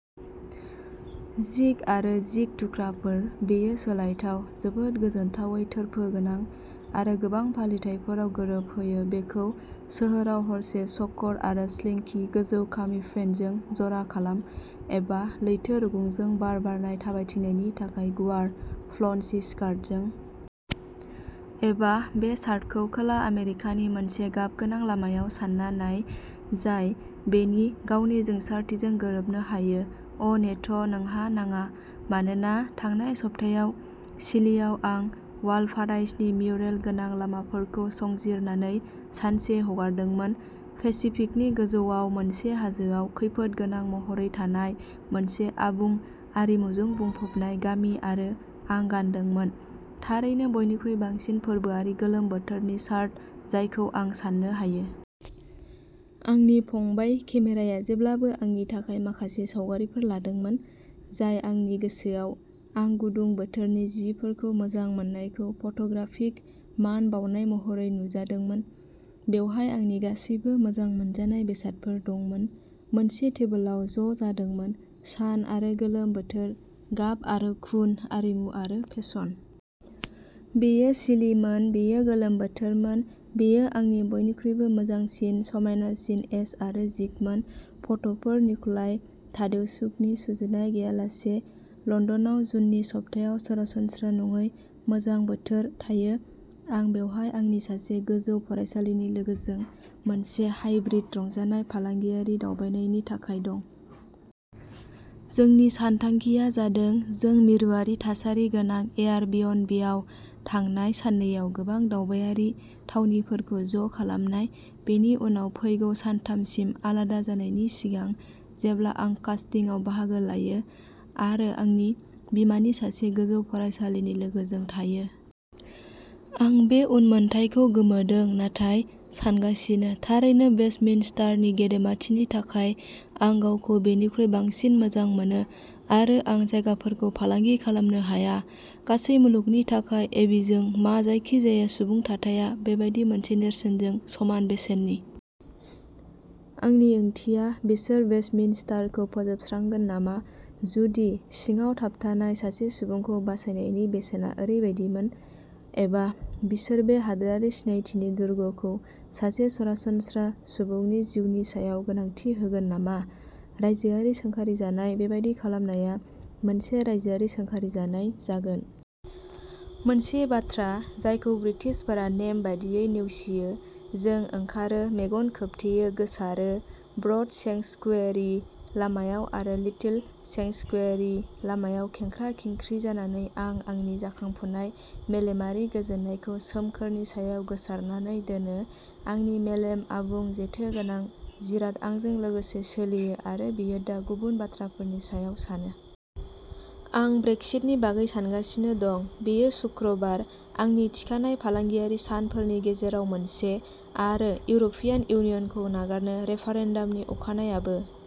जिग आरो जिग थुख्राफोर, बेयो सोलायथाव, जोबोद गोजोनथावै थोरफो गोनां, आरो गोबां फालिथायफोराव गोरोबहोयो। बेखौ सोहोराव हरसे सक'र आरो स्लिंकि गोजौ-खामि पेन्टजों जरा खालाम, एबा लैथो रुगुंजों बार बारनाय थाबायथिंनायनि थाखाय गुवार फ्ल'न्सि स्कार्टजों। एबा बे शार्टखौ खोला आमेरिकानि मोनसे गाबगोनां लामायाव सानना नाय, जाय बेनि गावनि जोंसारथिजों गोरोबनो हायो-अ'नेथ', नोंहा नाङा। मानोना थांनाय सप्तायाव चिलीआव, आं वालपाराइस'नि म्युरेल गोनां लामाफोरखौ संजिरनानै सानसे हगारदोंमोन, पेसिफिकनि गोजौआव मोनसे हाजोआव खैफोद गोनां महरै थानाय मोनसे आबुं, आरिमुजों बुंफबनाय गामि-आरो आं गानदोंमोन, थारैनो, बयनिख्रुइ बांसिन फोरबोआरि गोलोम बोथोरनि शार्ट जायखौ आं सान्नो हायो! आंनि फंबाय, केमेराया जेब्लाबो आंनि थाखाय माखासे सावगारिफोर लादोंमोन, जाय आंनि गोसोआव, आं गुदुं बोथोरनि जिफोरखौ मोजां मोननायखौ फट'ग्राफिक मान बाउनाय महरै नुजादोंमोन। बेवहाय आंनि गासैबो मोजां मोनजानाय बेसादफोर दंमोन। मोनसे टेबोलाव ज'जादोंमोनः सान आरो गोलोम बोथोर, गाब आरो खुन, आरिमु आरो फेसन। बेयो चिलिमोन, बेयो गोलोम बोथोरमोन, बेयो आंनि बयनिख्रुइबो मोजांसिन, समायनासिन एस आरो जिगमोन। फट'फोर निक'लाइ तादेउशुकनि, सुजुनाय गैयालासे। लण्डनाव जुननि सप्तायाव सरासनस्रा नङै मोजां बोथोर थायो। आं बेवहाय आंनि सासे गोजौ फरायसालिनि लोगोजों मोनसे हाइब्रिद रंजानाय/फालांगियारि दावबायनायनि थाखाय दं। जोंनि सानथांखिआ जादों जों मिरुआरि-थासारि गोनां एयार बिएनबियाव थांनाय साननैआव गोबां दावबायारि थावनिफोरखौ ज'खालामनाय, बेनि उनाव फैगौ सानथामसिम आलादा जानायनि सिगां, जेब्ला आं कास्टिंआव बाहागो लायो आरो आंनि बिमानि सासे गोजौ फरायसालिनि लोगोजों थायो! आं बे उनमोनथाइखौ गोमोदों नाथाय सानगासिनो; थारैनो, वेस्टमिन्स्टारनि गेदेमाथिनि थाखाय, आं गावखौ बेनिख्रुइ बांसिन मोजां मोनो, आरो आं जायगाफोरखौ फालांगि खालामनो हाया। गासै मुलुगनि थाखाय एबीजों। मा जायखिजाया सुबुं थाथाया बेबादि मोनसे नेरसोनजों समान बेसेननि? आंनि ओंथिया, बिसोर वेस्टमिन्स्टारखौ फोजोबस्रांगोन नामा, जुदि सिङाव थाबथानाय सासे सुबुंखौ बासायनायनि बेसेना ओरैबायदिमोन? एबा बिसोर बे हादोरारि सिनायथिनि दुर्गखौ सासे सरासनस्रा सुबुंनि जिउनि सायाव गोनांथि होगोन नामा? रायजोआरि सोंखारिजानाय! बेबादि खालामनाया मोनसे रायजोआरि सोंखारिजानाय जागोन। मोनसे बाथ्रा जायखौ ब्रिटिशफोरा, नेम बायदियै, नेवसियो। जों ओंखारो, मेगन खोबथेयो, गोसारो। "ब्रड सेंक्सुयेरि" लामायाव आरो "लिटिल सेंक्सुयेरि" लामायाव खेंख्रा-खेंख्रि जानानै, आं आंनि जाखांफुनाय मेलेमारि गोजोननायखौ, सोमखोरनि सायाव गोसारनानै दोनो। आंनि मेलेम-आबुं, जेथोगोनां जिराद-आंजों लोगोसे सोलियो आरो बेयो दा गुबुन बाथ्राफोरनि सायाव सानो। आं ब्रेक्सिटनि बागै सानगासिनो दं। बेयो शुक्रबार, आंनि थिखानाय फालांगियारि सानफोरनि गेजेराव मोनसे, आरो इउर'पियान इउनियनखौ नागारनो रेफारेन्डामनि अखानायाबो।